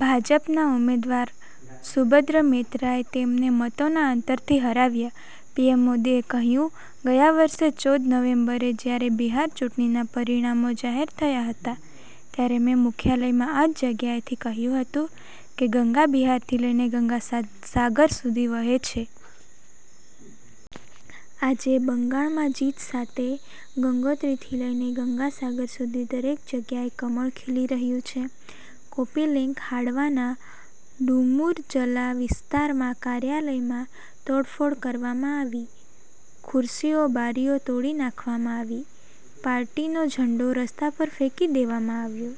ભાજપના ઉમેદવાર શુભ્રત મૈત્રાએ તેમને મતોના અંતરથી હરાવ્યા. પીએમ મોદીએ કહ્યું- ગયા વર્ષે ચૌદ નવેમ્બરે જ્યારે બિહાર ચૂંટણીના પરિણામો જાહેર થયા હતા. ત્યારે મેં મુખ્યાલયમાં આ જ જગ્યાએથી કહ્યું હતું કે ગંગા બિહારથી લઈને ગંગાસાગર સુધી વહે છે. આજે, બંગાળમાં જીત સાથે ગંગોત્રીથી લઈને ગંગાસાગર સુધી દરેક જગ્યાએ કમળ ખીલી રહ્યું છે. કૉપી લિંક હાવડાના ડુમુરજલા વિસ્તારમાં કાર્યાલયમાં તોડફોડ કરવામાં આવી. ખુરશીઓ-બારીઓ તોડી નાખવામાં આવી. પાર્ટીનો ઝંડો રસ્તા પર ફેંકી દેવામાં આવ્યો.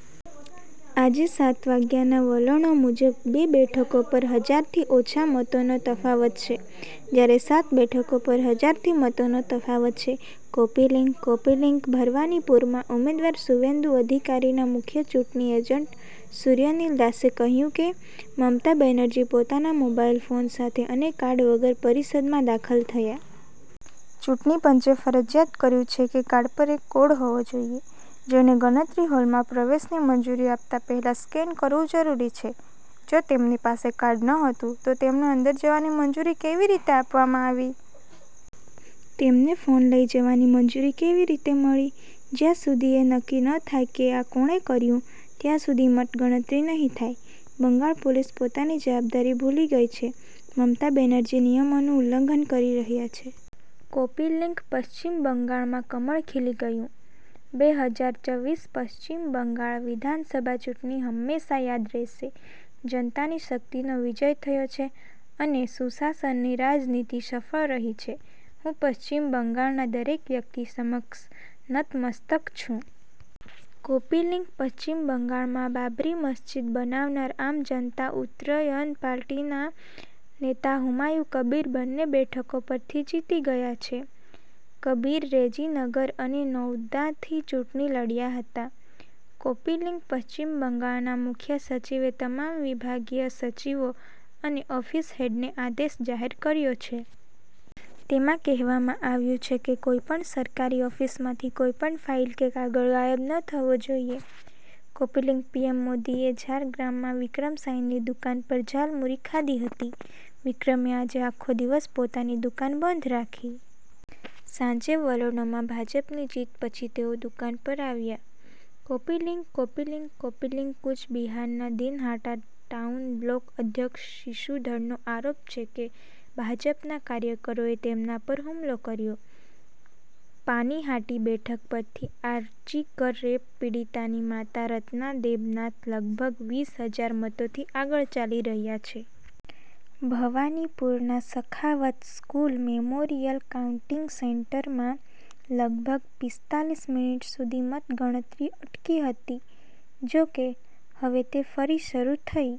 સાંજે સાત વાગ્યાના વલણો મુજબ, બે બેઠકો પર હજાર થી ઓછા મતોનો તફાવત છે. જ્યારે સાત બેઠકો પર હજાર થી મતોનો તફાવત છે. કૉપી લિંક કૉપી લિંક ભવાનીપુરમાં ઉમેદવાર સુવેન્દુ અધિકારીના મુખ્ય ચૂંટણી એજન્ટ સૂર્યનિલ દાસે કહ્યું કે, મમતા બેનર્જી પોતાના મોબાઈલ ફોન સાથે અને કાર્ડ વગર પરિસરમાં દાખલ થયા. ચૂંટણી પંચે ફરજિયાત કર્યું છે કે કાર્ડ પર એક કોડ હોવો જોઈએ, જેને મતગણતરી હોલમાં પ્રવેશની મંજૂરી આપતા પહેલા સ્કેન કરવું જરૂરી છે. જો તેમની પાસે કાર્ડ નહોતું, તો તેમને અંદર જવાની મંજૂરી કેવી રીતે આપવામાં આવી? તેમને ફોન લઈ જવાની મંજૂરી કેવી રીતે મળી? જ્યાં સુધી એ નક્કી ન થાય કે આ કોણે કર્યું, ત્યાં સુધી મતગણતરી નહીં થાય. બંગાળ પોલીસ પોતાની જવાબદારી ભૂલી ગઈ છે. મમતા બેનર્જી નિયમોનું ઉલ્લંઘન કરી રહ્યા છે. કૉપી લિંક પશ્ચિમ બંગાળમાં કમળ ખીલી ગયું! બે હજાર ચવીસ પશ્ચિમ બંગાળ વિધાનસભા ચૂંટણી હંમેશા યાદ રહેશે. જનતાની શક્તિનો વિજય થયો છે અને સુશાસનની રાજનીતિ સફળ રહી છે. હું પશ્ચિમ બંગાળના દરેક વ્યક્તિ સમક્ષ નતમસ્તક છું. કૉપી લિંક પશ્ચિમ બંગાળમાં બાબરી મસ્જિદ બનાવનાર આમ જનતા ઉન્નયન પાર્ટીના નેતા હુમાયુ કબીર બંને બેઠકો પરથી જીતી ગયા છે. કબીર રેજીનગર અને નૌદાથી ચૂંટણી લડ્યા હતા. કૉપી લિંક પશ્ચિમ બંગાળના મુખ્ય સચિવે તમામ વિભાગીય સચિવો અને ઓફિસ હેડને આદેશ જાહેર કર્યો છે. તેમાં કહેવામાં આવ્યું છે કે કોઈપણ સરકારી ઓફિસમાંથી કોઈ પણ ફાઈલ કે કાગળ ગાયબ ન થવો જોઈએ. કૉપી લિંક પીએમ મોદીએ ઝારગ્રામમાં વિક્રમ સાયની દુકાન પર ઝાલમુરી ખાધી હતી. વિક્રમે આજે આખો દિવસ પોતાની દુકાન બંધ રાખી. સાંજે વલણોમાં ભાજપની જીત પછી તેઓ દુકાન પર આવ્યા. Copy link copy link copy link Cooch બિહારના દિનહાટા ટાઉન બ્લોક અધ્યક્ષ બિશુધરનો આરોપ છે કે ભાજપના કાર્યકરોએ તેમના પર હુમલો કર્યો. પાનીહાટી બેઠક પરથી આરજીકર રેપ પીડિતાની માતા રત્ના દેબનાથ લગભગ વીસ હજાર મતોથી આગળ ચાલી રહ્યા છે. ભવાનીપુરના સખાવત સ્કૂલ મેમોરિયલ કાઉન્ટિંગ સેન્ટરમાં લગભગ પિસ્તાલીસ મિનિટ સુધી મતગણતરી અટકી હતી. જોકે, હવે તે ફરી શરૂ થઈ.